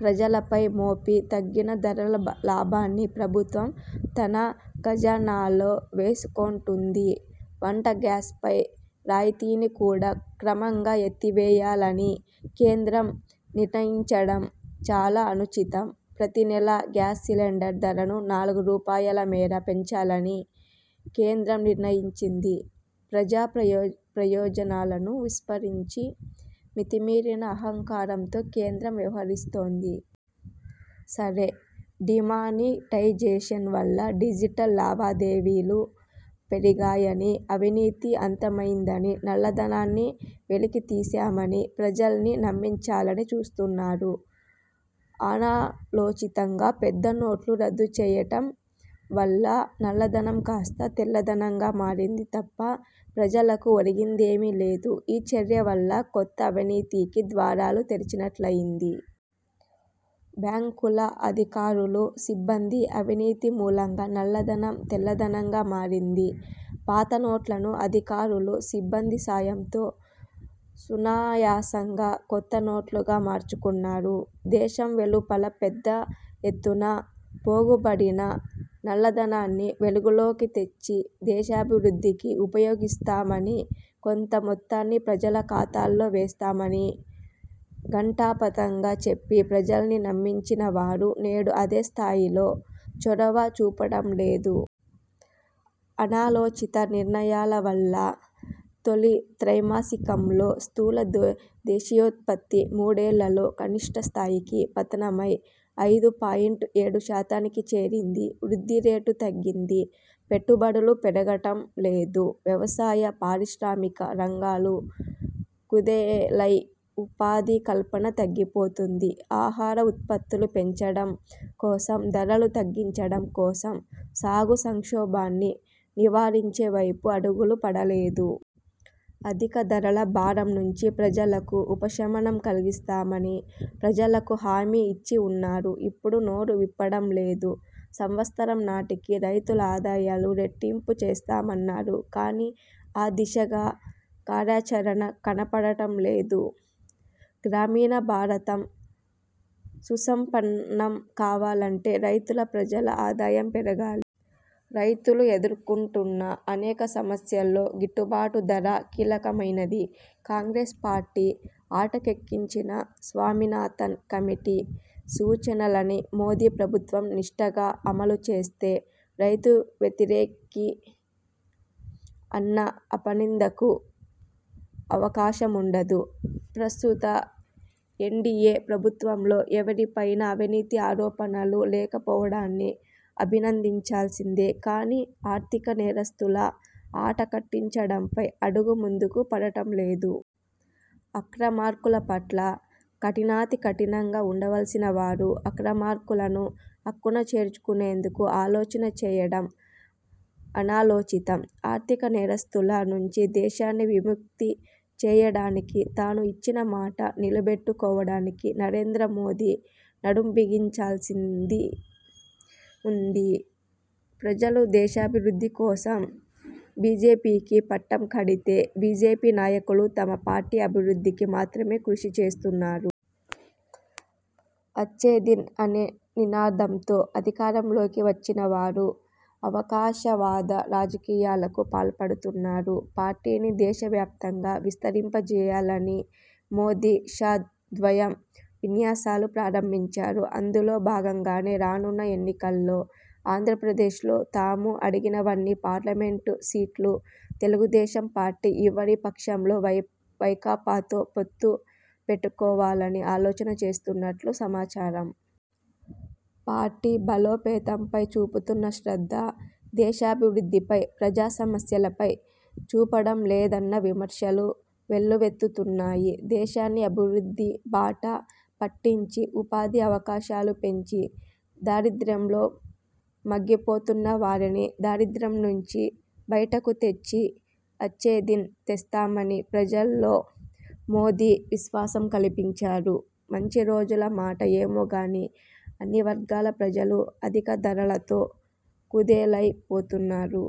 ప్రజలపై మోపి తగ్గిన ధరల లాభాన్ని ప్రభుత్వం తన ఖజానాలో వేసుకొంటుంది. వంట గ్యాస్పై రాయితీని కూడా క్రమంగా ఎత్తివేయాలని కేంద్రం నిర్ణయించడం చాలా అనుచితం. ప్రతినెలా గ్యాస్ సిలెండర్ ధరను నాలుగు రూపాయలుమేర పెంచాలని కేంద్రం నిర్ణయించింది. ప్రజాప్రయోజనాలను విస్మరించి మితిమీరిన అహంకారంతో కేంద్రం వ్యవహరిస్తోంది. సరే, డిమానిటైజేషన్ వల్ల డిజిటల్ లావాదేవీలు పెరిగాయని అవినీతి అంతమైందని నల్లధనాన్ని వెలికి తీశామని ప్రజల్ని నమ్మించాలని చూస్తున్నారు. అనాలోచితంగా పెద్ద నోట్లు రద్దు చేయడం వల్ల నల్లధనం కాస్త తెల్లధనంగా మారింది తప్ప ప్రజలకు ఒరిగిందేమీ లేదు. ఈ చర్య వల్ల కొత్త అవినీతికి ద్వారాలు తెరిచినట్లయింది. బ్యాంకుల అధికారులు, సిబ్బంది అవినీతి మూలంగా నల్లధనం తెల్లధనంగా మారింది. పాతనోట్లను అధికారులు సిబ్బంది సాయంతో సునాయాసంగా కొత్త నోట్లుగా మార్చుకున్నారు. దేశం వెలుపల పెద్ద ఎత్తున పోగుబడిన నల్లధనాన్ని వెలుగులోకి తెచ్చి దేశాభివృద్ధికి ఉపయోగిస్తామని, కొంత మొత్తాన్ని ప్రజల ఖాతాల్లో వేస్తామని ఘంటాపథంగా చెప్పి ప్రజల్ని నమ్మించినవారు నేడు అదే స్థాయిలో చొరవ చూపడంలేదు. అనాలోచిత నిర్ణయాల వల్ల తొలి త్రైమాసికంలో స్థూల దేశీయోత్పత్తి మూడేళ్ళలో కనిష్ఠ స్థాయికి పతనమై ఐదు పాయింట్ ఏడుశాతానికి చేరింది. వృద్ధిరేటు తగ్గింది. పెట్టుబడులు పెరగటంలేదు. వ్యవసాయ, పారిశ్రామిక రంగాలు కుదేలై ఉపాధి కల్పన తగ్గిపోయింది. ఆహార ఉత్పత్తులు పెంచడం కోసం, ధరలు తగ్గించడం కోసం సాగు సంక్షోభాన్ని నివారించే వైపు అడుగులు పడలేదు. అధిక ధరల భారం నుంచి ప్రజలకు ఉపశమనం కల్పిస్తామని ప్రజలకు హామీ ఇచ్చి ఉన్నారు. ఇప్పుడు నోరు విప్పడం లేదు. సంవత్సరం నాటికి రైతుల ఆదాయాలు రెట్టింపు చేస్తామన్నారు. కానీ ఆ దిశగా కార్యాచరణ కనపడటంలేదు. గ్రామీణ భారతం సుసంపన్నం కావాలంటే రైతుల, ప్రజల ఆదాయం పెరగాలి. రైతులు ఎదుర్కొంటున్న అనేక సమస్యల్లో గిట్టుబాటు ధర కీలకమైనది. కాంగ్రెస్ పార్టీ అటకెక్కించిన స్వామినాథన్ కమిటీ సూచనలని మోదీ ప్రభుత్వం నిష్ఠగా అమలుచేస్తే రైతు వ్యతిరేకి అన్న అపనిందకు అవకాశముండదు. ప్రస్తుత ఎన్డీఏ ప్రభుత్వంలో ఎవరిపైనా అవినీతి ఆరోపణలు లేకపోవడాన్ని అభినందించాల్సిందే. కానీ ఆర్థికనేరస్థుల ఆటకట్టించడంపై అడుగు ముందుకు పడటంలేదు. అక్రమార్కులపట్ల కఠినాతి కఠినంగా ఉండవలసినవారు అక్రమార్కులను అక్కున చేర్చుకునేందుకు ఆలోచన చేయడం అనాలోచితం. ఆర్థిక నేరస్థుల నుంచి దేశాన్ని విముక్తి చేయడానికి తాను ఇచ్చిన మాట నిలబెట్టుకోవడానికి నరేంద్ర మోదీ నడుం బిగించాల్సి ఉంది. ప్రజలు దేశాభివృద్ధి కోసం బీజేపీకి పట్టం కడితే బీజేపీ నాయకులు తమ పార్టీ అభివృద్ధికి మాత్రమే కృషి చేస్తున్నారు! అచ్చేదిన్ అనే నినాదంతో అధికారంలోకి వచ్చినవారు అవకాశవాద రాజకీయాలకు పాల్పడుతున్నారు. పార్టీని దేశవ్యాప్తంగా విస్తరింపజేయాలని మోదీ, షా ద్వయం విన్యాసాలు ప్రారంభించారు. అందులో బాగంగానే రానున్న ఎన్నికల్లో ఆంధ్రప్రదేశ్లో తాము అడిగినన్ని పార్లమెంటు సీట్లు తెలుగుదేశం పార్టీ ఇవ్వని పక్షంలో వైకాపాతో పొత్తు పెట్టుకోవాలని ఆలోచన చేస్తున్నట్లు సమాచారం. పార్టీ బలోపేతంపై చూపుతున్న శ్రద్ధ దేశాభివృద్ధిపై, ప్రజా సమస్యలపై చూపడంలేదన్న విమర్శలు వెల్లువెత్తుతున్నాయి. దేశాన్ని అభివృద్ది బాట పట్టించి ఉపాధి అవకాశాలు పెంచి దారిద్ర్యంలో మగ్గిపోతున్న వారిని, దారిద్ర్యం నుంచి బయటకు తెచ్చి అచ్చేదిన్ తెస్తామని ప్రజల్లో మోదీ విశ్వాసం కల్పించారు. మంచి రోజుల మాట ఏమో గాని అన్ని వర్గాల ప్రజలు అధిక ధరలతో కుదేలైపోతున్నారు.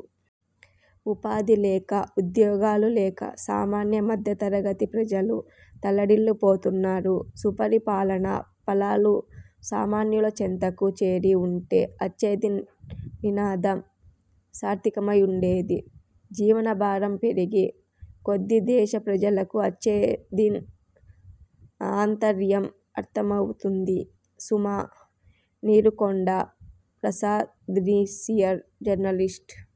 ఉపాధి లేక, ఉద్యోగాలు లేక సామాన్య, మధ్యతరగతి ప్రజలు తల్లడిల్లిపోతున్నారు. సుపరిపాలనా ఫలాలు సామాన్యుల చెంతకు చేరి ఉంటే అచ్చేదిన్ నినాదం సార్థకమైవుండేది. జీవన భారం పెరిగే కొద్ది దేశ ప్రజలకి అచ్చేదిన్ ఆంతర్యం అర్థమవుతుంది సుమా! నీరుకొండ ప్రసాద్సీనియర్ జర్నలిస్టు